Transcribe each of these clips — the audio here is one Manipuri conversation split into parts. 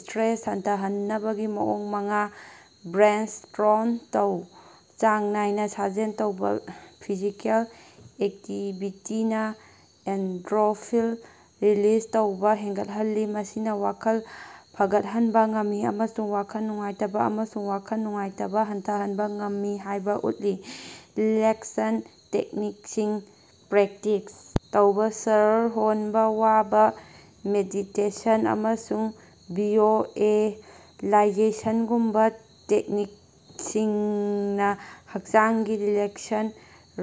ꯁ꯭ꯇꯔꯦꯁ ꯍꯟꯊꯍꯟꯅꯕꯒꯤ ꯃꯑꯣꯡ ꯃꯉꯥ ꯕ꯭ꯔꯦꯟꯁ꯭ꯇꯣꯔꯝ ꯇꯧ꯫ ꯆꯥꯡ ꯅꯥꯏꯅ ꯁꯥꯖꯦꯜ ꯇꯧꯕꯥ: ꯐꯤꯖꯤꯀꯦꯜ ꯑꯦꯛꯇꯤꯚꯤꯇꯤꯅꯥ ꯑꯦꯟꯗꯣꯔꯐꯤꯟ ꯔꯤꯂꯤꯖ ꯇꯧꯕ ꯍꯦꯟꯒꯠꯍꯜꯂꯤ, ꯃꯁꯤꯅ ꯋꯥꯈꯜ ꯐꯒꯠꯍꯟꯕ ꯉꯝꯃꯤ ꯑꯃꯁꯨꯡ ꯋꯥꯈꯜ ꯅꯨꯡꯉꯥꯏꯇꯕ ꯑꯃꯁꯨꯡ ꯋꯥꯈꯜ ꯅꯨꯡꯉꯥꯏꯇꯕ ꯍꯟꯊꯍꯟꯕ ꯉꯝꯃꯤ ꯍꯥꯏꯕ ꯎꯠꯂꯦ꯫ ꯔꯤꯂꯦꯛꯁꯟ ꯇꯦꯛꯅꯤꯛꯁꯤꯡ ꯄ꯭ꯔꯦꯛꯇꯤꯁ ꯇꯧꯕꯥ: ꯁ꯭ꯋꯔ ꯍꯣꯟꯕ ꯋꯥꯕ, ꯃꯦꯗꯤꯇꯦꯁꯟ, ꯑꯃꯁꯨꯡ ꯚꯤꯖꯨꯑꯦꯂꯥꯏꯖꯦꯁꯟꯒꯨꯝꯕ ꯇꯦꯛꯅꯤꯛꯁꯤꯡꯅ ꯍꯛꯆꯥꯡꯒꯤ ꯔꯤꯂꯦꯛꯁꯟ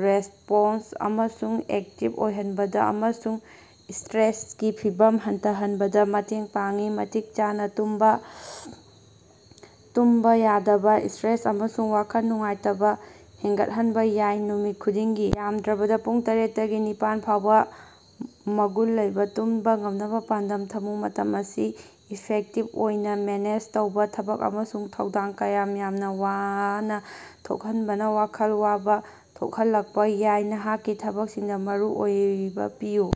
ꯔꯦꯁ꯭ꯄꯣꯟꯁ ꯑꯗꯨ ꯑꯦꯛꯇꯤꯚ ꯑꯣꯏꯍꯟꯕꯗ ꯑꯃꯁꯨꯡ ꯁ꯭ꯇꯔꯦꯁꯀꯤ ꯐꯤꯚꯝ ꯍꯟꯊꯍꯟꯕꯗ ꯃꯇꯦꯡ ꯄꯥꯡꯏ꯫ ꯃꯇꯤꯛ ꯆꯥꯅ ꯇꯨꯝꯕꯥ: ꯇꯨꯝꯕ ꯌꯥꯗꯕꯅ ꯁ꯭ꯇꯔꯦꯁ ꯑꯃꯁꯨꯡ ꯋꯥꯈꯜ ꯅꯨꯡꯉꯥꯏꯇꯕ ꯍꯦꯟꯒꯠꯍꯟꯕ ꯌꯥꯏ꯫ ꯅꯨꯃꯤꯠ ꯈꯨꯗꯤꯡꯒꯤ ꯌꯥꯝꯗ꯭ꯔꯕꯗ ꯄꯨꯡ ꯇꯔ‌ꯦꯠꯇꯒꯤ ꯅꯤꯄꯥꯟ ꯐꯥꯎꯕ ꯃꯒꯨꯟ ꯂꯩꯕ ꯇꯨꯝꯕ ꯉꯝꯅꯕ ꯄꯥꯟꯗꯝ ꯊꯝꯃꯨ꯫ ꯃꯇꯝ ꯑꯁꯤ ꯏꯐꯦꯛꯇꯤꯕ ꯑꯣꯏꯅ ꯃꯦꯅꯦꯖ ꯇꯧꯕꯥ: ꯊꯕꯛ ꯑꯃꯁꯨꯡ ꯊꯧꯗꯥꯡ ꯀꯌꯥ ꯌꯥꯝꯅ ꯋꯥꯅ ꯊꯣꯛꯍꯟꯕꯅ ꯋꯥꯈꯜ ꯋꯥꯕ ꯊꯣꯛꯍꯜꯂꯛꯄꯥ ꯌꯥꯏ꯫ ꯅꯍꯥꯛꯀꯤ ꯊꯕꯛꯁꯤꯡꯗ ꯃꯔꯨ ꯑꯣꯏꯕ ꯄꯤꯌꯨ,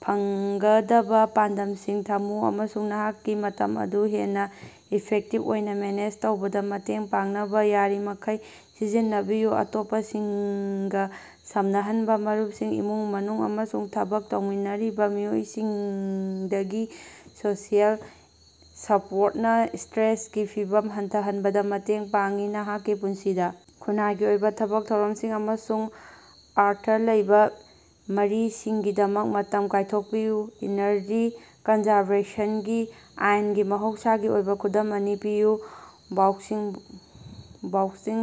ꯐꯪꯒꯗꯕ ꯄꯥꯟꯗꯝꯁꯤꯡ ꯊꯝꯃꯨ ꯑꯃꯁꯨꯡ ꯅꯍꯥꯛꯀꯤ ꯃꯇꯝ ꯑꯗꯨ ꯍꯦꯟꯅ ꯏꯐꯦꯛꯇꯤꯕ ꯑꯣꯏꯅ ꯃꯦꯅꯦꯖ ꯇꯧꯕꯗ ꯃꯇꯦꯡ ꯄꯥꯡꯅꯕ ꯌꯥꯔꯤꯕꯃꯈꯩ ꯁꯤꯟꯅꯕꯤꯌꯨ꯫ ꯑꯇꯣꯞꯄꯁꯤꯡꯒ ꯁꯝꯅꯍꯟꯕꯥ: ꯃꯔꯨꯞꯁꯤꯡ, ꯏꯃꯨꯡ-ꯃꯅꯨꯡ ꯑꯃꯁꯨꯡ ꯊꯕꯛ ꯇꯧꯃꯤꯟꯅꯔꯤꯕ ꯃꯤꯑꯣꯏꯁꯤꯡꯗꯒꯤ ꯁꯣꯁꯤꯑꯦꯜ ꯁꯄꯣꯔꯠꯅꯥ ꯁ꯭ꯇꯔꯦꯁꯀꯤ ꯐꯤꯚꯝ ꯍꯟꯊꯍꯟꯕꯗ ꯃꯇꯦꯡ ꯄꯥꯡꯏ꯫ ꯅꯍꯥꯛꯀꯤ ꯄꯨꯟꯁꯤꯗ ꯈꯨꯟꯅꯥꯏꯒꯤ ꯑꯣꯏꯕ ꯊꯕꯛ ꯊꯧꯔꯝꯁꯤꯡ ꯑꯃꯁꯨꯡ ꯑꯔꯊ ꯂꯩꯕꯥ ꯃꯔꯤꯁꯤꯡꯒꯤꯗꯃꯛ ꯃꯇꯝ ꯀꯥꯏꯊꯣꯛꯄꯤꯌꯨ꯫ ꯏꯅꯔꯖꯤ ꯀꯟꯖꯔꯕꯦꯁꯟꯒꯤ ꯑꯥꯏꯟꯒꯤ ꯃꯍꯧꯁꯥꯒꯤ ꯑꯣꯏꯕ ꯈꯨꯗꯝ ꯑꯅꯤ ꯄꯤꯌꯨ꯫ ꯕꯥꯎꯟꯁꯤꯡ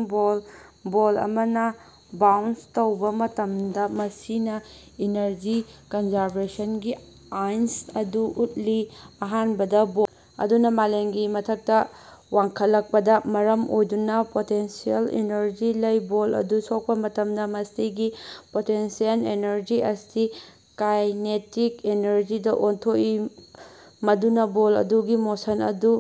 ꯕ‌ꯣꯜ: ꯕꯣꯜ ꯑꯃꯅ ꯕꯥꯎꯟꯁ ꯇꯧꯕ ꯃꯇꯝꯗ, ꯃꯁꯤꯅ ꯏꯅꯔꯖꯤ ꯀꯟꯖꯥꯔꯕꯦꯁꯟꯒꯤ ꯑꯥꯏꯟ ꯑꯗꯨ ꯎꯠꯂꯤ꯫ ꯑꯍꯥꯟꯕꯗ, ꯕꯣꯜ ꯑꯗꯨꯅ ꯃꯥꯂꯦꯝꯒꯤ ꯃꯊꯛꯇ ꯋꯥꯡꯈꯠꯂꯛꯄꯅ ꯃꯔꯝ ꯑꯣꯏꯗꯨꯅ ꯄꯣꯇꯦꯟꯁꯤꯑꯦꯜ ꯑꯦꯅꯔꯖꯤ ꯂꯩ꯫ ꯕꯣꯜ ꯑꯗꯨ ꯁꯣꯛꯄꯥ ꯃꯇꯝꯗ, ꯃꯁꯤꯒꯤ ꯄꯣꯇꯦꯟꯁꯤꯑꯦꯜ ꯑꯦꯅꯔꯖꯤ ꯑꯁꯤ ꯀꯥꯏꯅꯦꯇꯤꯛ ꯑꯦꯅꯔꯖꯤꯗ ꯑꯣꯟꯊꯣꯛꯏ, ꯃꯗꯨꯅ ꯕꯣꯜ ꯑꯗꯨꯒꯤ ꯃꯣꯁꯟ ꯑꯗꯨ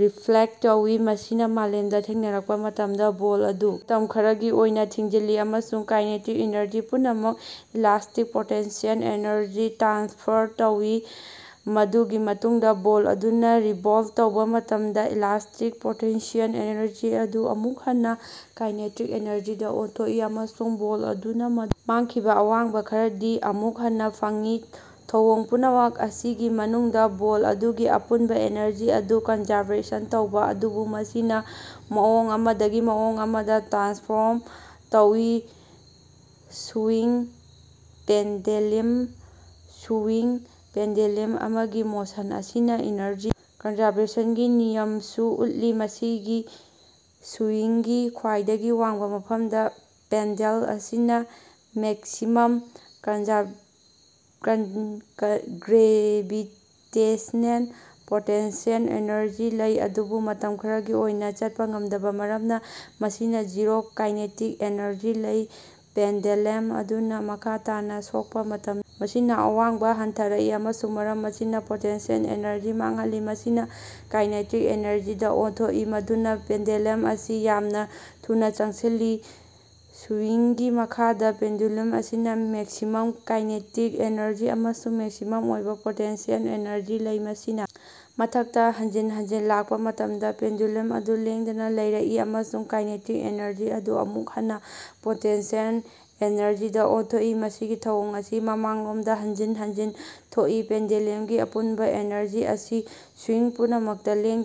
ꯔꯤꯐ꯭ꯂꯦꯛ ꯇꯧꯏ꯫ ꯃꯁꯤꯅꯥ ꯃꯥꯂꯦꯝꯗ ꯊꯦꯡꯅꯔꯛꯄ ꯃꯇꯝꯗꯥ, ꯕꯣꯜ ꯑꯗꯨ ꯃꯇꯝ ꯈꯔꯒꯤ ꯑꯣꯏꯅꯥ ꯊꯤꯡꯖꯤꯜꯂꯤ, ꯑꯃꯁꯨꯡ ꯀꯥꯏꯅꯦꯇꯤꯛ ꯑꯦꯅꯔꯖꯤ ꯄꯨꯝꯅꯃꯛ ꯏꯂꯥꯁ꯭ꯇꯤꯛ ꯄꯣꯇꯦꯟꯁꯤꯑꯦꯜ ꯑꯦꯅꯔꯖꯤꯗ ꯇ꯭ꯔꯥꯟꯁꯐꯔ ꯇꯧꯏ꯫ ꯃꯗꯨꯒꯤ ꯃꯇꯨꯡꯗꯥ, ꯕꯣꯜ ꯑꯗꯨꯅ ꯔꯤꯕꯣꯟꯗ ꯇꯧꯕ ꯃꯇꯝꯗ, ꯏꯂꯥꯁ꯭ꯇꯤꯛ ꯄꯣꯇꯦꯟꯁꯤꯑꯦꯜ ꯑꯦꯅꯔꯖꯤ ꯑꯗꯨ ꯑꯃꯨꯛ ꯍꯟꯅ ꯀꯥꯏꯅꯦꯇꯤꯛ ꯑꯦꯅꯔꯖꯤꯗ ꯑꯣꯟꯊꯣꯛꯏ, ꯑꯃꯁꯨꯡ ꯕꯣꯜ ꯑꯗꯨꯅ ꯃꯗꯨꯒꯤ ꯃꯥꯡꯈꯤꯕ ꯑꯋꯥꯡꯕ ꯈꯔꯗꯤ ꯑꯃꯨꯛ ꯍꯟꯅꯥ ꯐꯪꯏ꯫ ꯊꯧꯑꯣꯡ ꯄꯨꯝꯅꯃꯛ ꯑꯁꯤꯒꯤ ꯃꯅꯨꯡꯗꯥ, ꯕꯣꯜ ꯑꯗꯨꯒꯤ ꯑꯄꯨꯟꯕ ꯑꯦꯅꯔꯖꯤ ꯑꯗꯨ ꯀꯟꯖꯔꯕꯦꯁꯟ ꯇꯧꯏ, ꯑꯗꯨꯕꯨ ꯃꯁꯤꯅ ꯃꯑꯣꯡ ꯑꯃꯗꯒꯤ ꯃꯑꯣꯡ ꯑꯃꯗ ꯇ꯭ꯔꯥꯟꯁꯐꯣꯔꯝ ꯇꯧꯏ꯫ ꯁꯨꯋꯤꯡ ꯄꯦꯟꯗꯦꯂꯝ: ꯁꯨꯋꯤꯡ ꯄꯦꯟꯗ‌ꯦꯂꯝ ꯑꯃꯒꯤ ꯃꯣꯁꯟ ꯑꯁꯤꯅ ꯏꯅꯔꯖꯤ ꯀꯟꯖꯔꯕꯦꯁꯟꯒꯤ ꯅꯤꯌꯝꯁꯨ ꯎꯠꯂꯤ꯫ ꯃꯁꯤꯒꯤ ꯁꯨꯋꯤꯡꯒꯤ ꯈ꯭ꯋꯥꯏꯗꯒꯤ ꯋꯥꯡꯕ ꯃꯐꯝꯗ, ꯄꯦꯟꯗꯦꯜ ꯑꯁꯤꯅ ꯃꯦꯛꯁꯤꯃꯝ ꯒ꯭ꯔꯦꯚꯤꯇꯦꯁꯅꯦꯜ ꯄꯣꯇꯦꯟꯁꯤꯑꯦꯜ ꯑꯦꯅꯔꯖꯤ ꯂꯩ, ꯑꯗꯨꯕꯨ ꯃꯇꯝ ꯈꯔꯒꯤ ꯑꯣꯏꯅ ꯆꯠꯄ ꯉꯝꯗꯕꯥ ꯃꯔꯝꯅ ꯃꯁꯤꯅꯥ ꯖꯤꯔꯣ ꯀꯥꯏꯅꯦꯇꯤꯛ ꯑꯦꯅꯔꯖꯤ ꯂꯩ꯫ ꯄꯦꯟꯗꯦꯂꯝ ꯑꯗꯨꯅ ꯃꯈꯥ ꯇꯥꯅ ꯁꯣꯛꯄꯥ ꯃꯇꯝꯗ ꯃꯁꯤꯅ ꯑꯋꯥꯡꯕ ꯍꯟꯊꯔꯛꯏ ꯑꯃꯁꯨꯡ ꯃꯔꯝ ꯑꯁꯤꯅ ꯄꯣꯇꯦꯟꯁꯤꯑꯦꯜ ꯑꯦꯅꯔꯖꯤ ꯃꯥꯡꯍꯜꯂꯤ꯫ ꯃꯁꯤꯅꯥ ꯀꯥꯏꯅꯦꯇꯤꯛ ꯑꯦꯅꯔꯖꯤꯗꯥ ꯑꯣꯟꯊꯣꯛꯏ, ꯃꯗꯨꯅ ꯄꯦꯟꯗꯦꯂꯝ ꯑꯁꯤ ꯌꯥꯝꯅ ꯊꯨꯅꯥ ꯆꯪꯁꯤꯜꯂꯤ꯫ ꯁꯨꯋꯤꯡꯒꯤ ꯃꯈꯥꯗ, ꯄꯦꯟꯗꯨꯂꯝ ꯑꯁꯤꯅ ꯃꯦꯛꯁꯤꯃꯝ ꯀꯥꯏꯅꯦꯇꯤꯛ ꯑꯦꯅꯔꯖꯤ ꯑꯃꯁꯨꯡ ꯃꯤꯅꯤꯃꯝ ꯑꯣꯏꯕ ꯄꯣꯇꯦꯟꯁꯤꯑꯦꯜ ꯑꯦꯅꯔꯖꯤ ꯂꯩ꯫ ꯃꯁꯤꯅ ꯃꯊꯛꯇꯥ ꯍꯟꯖꯤꯟ ꯍꯟꯖꯤꯟ ꯂꯥꯛꯄꯥ ꯃꯇꯝꯗꯥ, ꯄꯦꯟꯗꯨꯂꯝ ꯑꯗꯨ ꯂꯦꯡꯗꯅꯥ ꯂꯩꯔꯛꯏ, ꯑꯃꯁꯨꯡ ꯀꯥꯏꯅꯦꯇꯤꯛ ꯑꯦꯅꯔꯖꯤ ꯑꯗꯨ ꯑꯃꯨꯛ ꯍꯟꯅꯥ ꯄꯣꯇꯦꯟꯁꯤꯑꯦꯜ ꯑꯦꯅꯔꯖꯤꯗꯥ ꯑꯣꯟꯊꯣꯛꯏ꯫ ꯃꯁꯤꯒꯤ ꯊꯧꯑꯣꯡ ꯑꯁꯤ ꯃꯃꯥꯡꯂꯣꯝꯗꯥ ꯍꯟꯖꯤꯟ ꯍꯟꯖꯤꯟ ꯊꯣꯛꯏ, ꯄꯦꯟꯗꯦꯂꯝꯒꯤ ꯑꯄꯨꯟꯕꯥ ꯑꯦꯅꯔꯖꯤ ꯑꯁꯤ ꯁꯨꯋꯤꯡ ꯄꯨꯝꯅꯃꯛꯇ ꯂꯦꯡꯗꯅ ꯂꯩ꯫